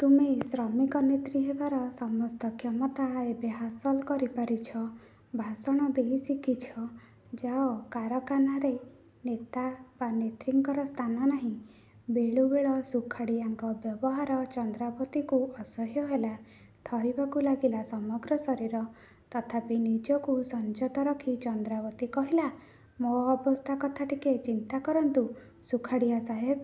ତୁମେ ଶ୍ରମିକ ନେତ୍ରୀ ହେବାର ସମସ୍ତ କ୍ଷମତା ଏବେ ହାସଲ କରିପାରିଛ। ଭାଷଣ ଦେଇ ଶିଖିଛ। ଯାଅ। କାରଖାନାରେ ନେତା ବା ନେତ୍ରୀଙ୍କର ସ୍ଥାନ ନାହିଁ। ବେଳୁବେଳ ସୁଖାଡ଼ିଆଙ୍କ ବ୍ୟବହାର ଚନ୍ଦ୍ରାବତୀକୁ ଅସହ୍ୟ ହେଲା। ଥରିବାକୁ ଲାଗିଲା ସମଗ୍ର ଶରୀର। ତଥାପି ନିଜକୁ ସଂଯତ ରଖି ଚନ୍ଦ୍ରାବତୀ କହିଲା, “ମୋ ଅବସ୍ଥା କଥା ଟିକେ ଚିନ୍ତା କରନ୍ତୁ, ସୁଖାଡ଼ିଆ ସାହେବ।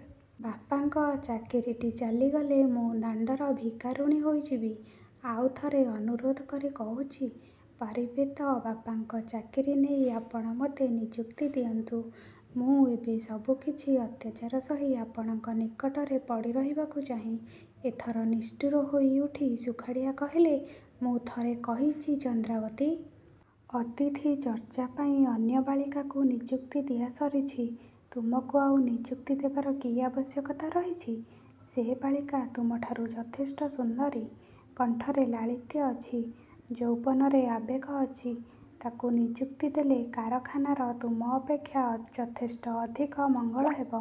ବାପାଙ୍କ ଚାକିରିଟି ଚାଲିଗଲେ ମୁଁ ଦାଣ୍ଡର ଭିକାରୁଣୀ ହୋଇଯିବି। ଆଉ ଥରେ ଅନୁରୋଧ କରି କହୁଛି, ପାରିବେ ତ ବାପାଙ୍କ ଚାକିରି ନେଇ ଆପଣ ମୋତେ ନିଯୁକ୍ତି ଦିଅନ୍ତୁ। ମୁଁ ଏବେ ସବୁକିଛି ଅତ୍ୟାଚାର ସହି ଆପଣଙ୍କ ନିକଟରେ ପଡ଼ି ରହିବାକୁ ଚାହେଁ।”ଏଥର ନିଷ୍ଠୁର ହୋଇ ଉଠି ସୁଖାଡ଼ିଆ କହିଲେ, “ମୁଁ ଥରେ କହିଛି, ଚନ୍ଦ୍ରାବତୀ। ଅତିଥି ଚର୍ଚ୍ଚା ପାଇଁ ଅନ୍ୟ ବାଳିକାକୁ ନିଯୁକ୍ତି ଦିଆ ସରିଛି। ତୁମକୁ ଆଉ ନିଯୁକ୍ତି ଦେବାର କି ଆବଶ୍ୟକତା ରହିଛି? ସେ ବାଳିକା ତୁମଠାରୁ ଯଥେଷ୍ଟ ସୁନ୍ଦରୀ। କଣ୍ଠରେ ଲାଳିତ୍ୟ ଅଛି। ଯୌବନରେ ଆବେଗ ଅଛି। ତାକୁ ନିଯୁକ୍ତି ଦେଲେ କାରଖାନାର ତୁମ ଅପେକ୍ଷା ଯଥେଷ୍ଟ ଅଧିକ ମଙ୍ଗଳ ହେବ।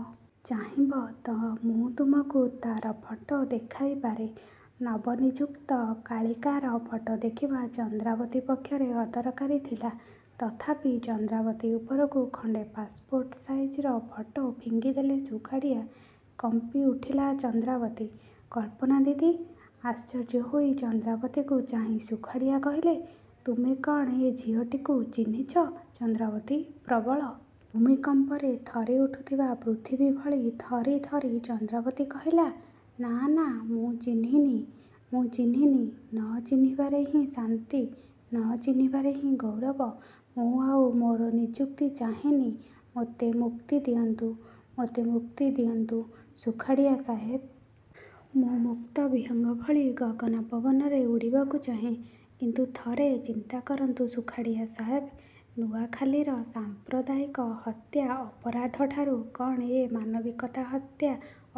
ଚାହିଁବ ତ ମୁଁ ତୁମକୁ ତା'ର ଫଟୋ ଦେଖାଇପାରେ।”ନବନିଯୁକ୍ତ କାଳିକାର ଫଟୋ ଦେଖିବା ଚନ୍ଦ୍ରାବତୀ ପକ୍ଷରେ ଅଦରକାରୀ ଥିଲା। ତଥାପି ଚନ୍ଦ୍ରାବତୀ ଉପରକୁ ଖଣ୍ଡେ ପାସ୍ପୋର୍ଟ ସାଇଜର ଫଟୋ ଫିଙ୍ଗି ଦେଲେ ସୁଖାଡ଼ିଆ। କମ୍ପି ଉଠିଲା ଚନ୍ଦ୍ରାବତୀ। “କଳ୍ପନା ଦିଦି?”ଆଶ୍ଚର୍ଯ୍ୟ ହୋଇ ଚନ୍ଦ୍ରାବତୀକୁ ଚାହିଁ ସୁଖାଡ଼ିଆ କହିଲେ, “ତୁମେ କ'ଣ ଏ ଝିଅଟିକୁ ଚିହ୍ନିଛ, ଚନ୍ଦ୍ରାବତୀ?”ପ୍ରବଳ ଭୂମିକମ୍ପରେ ଥରି ଉଠୁଥିବା ପୃଥିବୀ ଭଳି ଥରି ଥରି ଚନ୍ଦ୍ରାବତୀ କହିଲା, “ନାଁ, ନାଁ, ମୁଁ ଚିହ୍ନିନି। ମୁଁ ଚିହ୍ନିନି। ନ ଚିହ୍ନିବାରେ ହିଁ ଶାନ୍ତି, ନ ଚିହ୍ନିବାରେ ହିଁ ଗୌରବ। ମୁଁ ଆଉ ମୋର ନିଯୁକ୍ତି ଚାହେଁନି। ମୋତେ ମୁକ୍ତି ଦିଅନ୍ତୁ। ମୋତେ ମୁକ୍ତି ଦିଅନ୍ତୁ, ସୁଖାଡ଼ିଆ ସାହେବ। ମୁଁ ମୁକ୍ତ ବିହଙ୍ଗ ଭଳି ଗଗନ ପବନରେ ଉଡ଼ିଯିବାକୁ ଚାହେଁ। କିନ୍ତୁ ଥରେ ଚିନ୍ତା କରନ୍ତୁ, ସୁଖାଡ଼ିଆ ସାହେବ। ନୂଆଖାଲିର ସାମ୍ପ୍ରଦାୟିକ ହତ୍ୟା ଅପରାଧଠାରୁ କ'ଣ ଏ ମାନବିକତା ହତ୍ୟା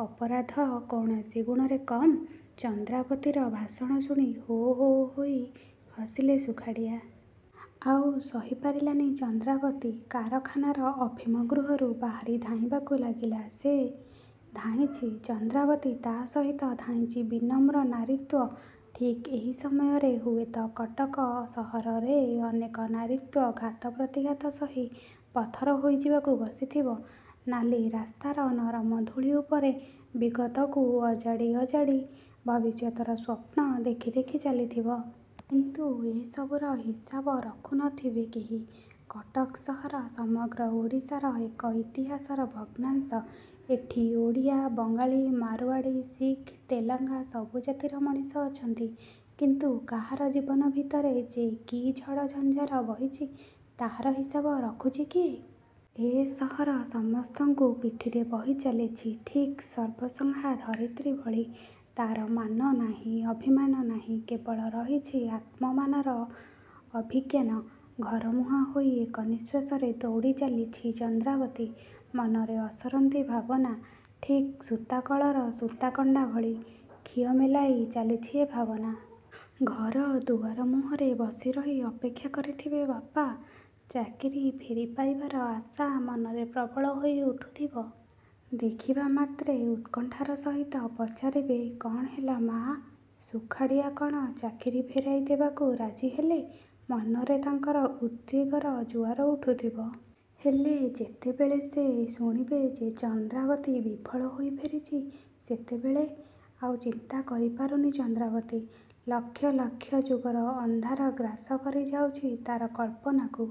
ଅପରାଧ କୌଣସି ଗୁଣରେ କମ୍?”ଚନ୍ଦ୍ରାବତୀର ଭାଷଣ ଶୁଣି ହୋ, ହୋ, ହୋଇ ହସିଲେ ସୁଖାଡ଼ିଆ। ଆଉ ସହି ପାରିଲାନି ଚନ୍ଦ୍ରାବତୀ। କାରଖାନାର ଅଫିମ ଗୃହରୁ ବାହାରି ଧାଇଁବାକୁ ଲାଗିଲା ସେ। ଧାଇଁଛି ଚନ୍ଦ୍ରାବତୀ, ତା' ସହିତ ଧାଇଁଛି ବିନମ୍ର ନାରୀତ୍ୱ। ଠିକ୍ ଏହି ସମୟରେ ହୁଏତ କଟକ ସହରରେ ଅନେକ ନାରୀତ୍ୱ ଘାତ ପ୍ରତିଘାତ ସହି ପଥର ହୋଇଯିବାକୁ ବସିଥିବ। ନାଲି ରାସ୍ତାର ନରମ ଧୂଳି ଉପରେ ବିଗତକୁ ଅଜାଡ଼ି ଅଜାଡ଼ି ଭବିଷ୍ୟତର ସ୍ୱପ୍ନ ଦେଖି ଦେଖି ଚାଲିଥିବ। କିନ୍ତୁ ଏ ସବୁର ହିସାବ ରଖୁ ନ ଥିବେ କେହି। କଟକ ସହର। ସମଗ୍ର ଓଡ଼ିଶାର ଏକ ଇତିହାସର ଭଗ୍ନାଂଶ। ଏଠି ଓଡ଼ିଆ, ବଙ୍ଗାଳି, ମାରୱାଡ଼ି, ଶିଖ, ତେଲଙ୍ଗା ସବୁ ଜାତିର ମଣିଷ ଅଛନ୍ତି। କିନ୍ତୁ କାହାର ଜୀବନ ଭିତରେ ଯେ କି ଝଡ଼ କି ଝଞ୍ଜାର ବହିଛି, ତାହାର ହିସାବ ରଖୁଛି କିଏ? ଏ ସହର ସମସ୍ତଙ୍କୁ ପିଠିରେ ବହି ଚାଲିଛି, ଠିକ୍ ସର୍ବଂସହା ଧରିତ୍ରୀ ଭଳି। ତା'ର ମାନ ନାହିଁ, ଅଭିମାନ ନାହିଁ। କେବଳ ରହିଛି ଆତ୍ମମାନର ଅଭିଜ୍ଞାନ। ଘର ମୁହାଁ ହୋଇ ଏକା ନିଃଶ୍ୱାସରେ ଦୌଡ଼ି ଚାଲିଛି ଚନ୍ଦ୍ରାବତୀ। ମନରେ ଅସରନ୍ତି ଭାବନା। ଠିକ୍ ସୂତାକଳର ସୂତାକଣ୍ଡା ଭଳି ଖିଅ ମେଲେଇ ଚାଲିଛି ଏ ଭାବନା। ଘର ଦୁଆର ମୁହଁରେ ବସିରହି ଅପେକ୍ଷା କରିଥିବେ ବାପା। ଚାକିରି ଫେରିପାଇବାର ଆଶା ମନରେ ପ୍ରବଳ ହୋଇ ଉଠୁଥିବ। ଦେଖିବା ମାତ୍ରେ ଉତ୍କଣ୍ଠାର ସହିତ ପଚାରିବେ, “କ'ଣ ହେଲା ମା? ସୁଖାଡ଼ିଆ କ'ଣ ଚାକିରି ଫେରାଇ ଦେବାକୁ ରାଜି ହେଲେ?”ମନରେ ତାଙ୍କର ଉଦ୍ବେଗର ଜୁଆର ଉଠୁଥିବ। ହେଲେ ଯେତେବେଳେ ସେ ଶୁଣିବେ ଯେ ଚନ୍ଦ୍ରାବତୀ ବିଫଳ ହୋଇ ଫେରିଛି, ସେତେବେଳେ! ଆଉ ଚିନ୍ତା କରିପାରୁନି ଚନ୍ଦ୍ରାବତୀ। ଲକ୍ଷ ଯୁଗର ଅନ୍ଧାର ଗ୍ରାସ କରି ଯାଉଛି ତା'ର କଳ୍ପନାକୁ।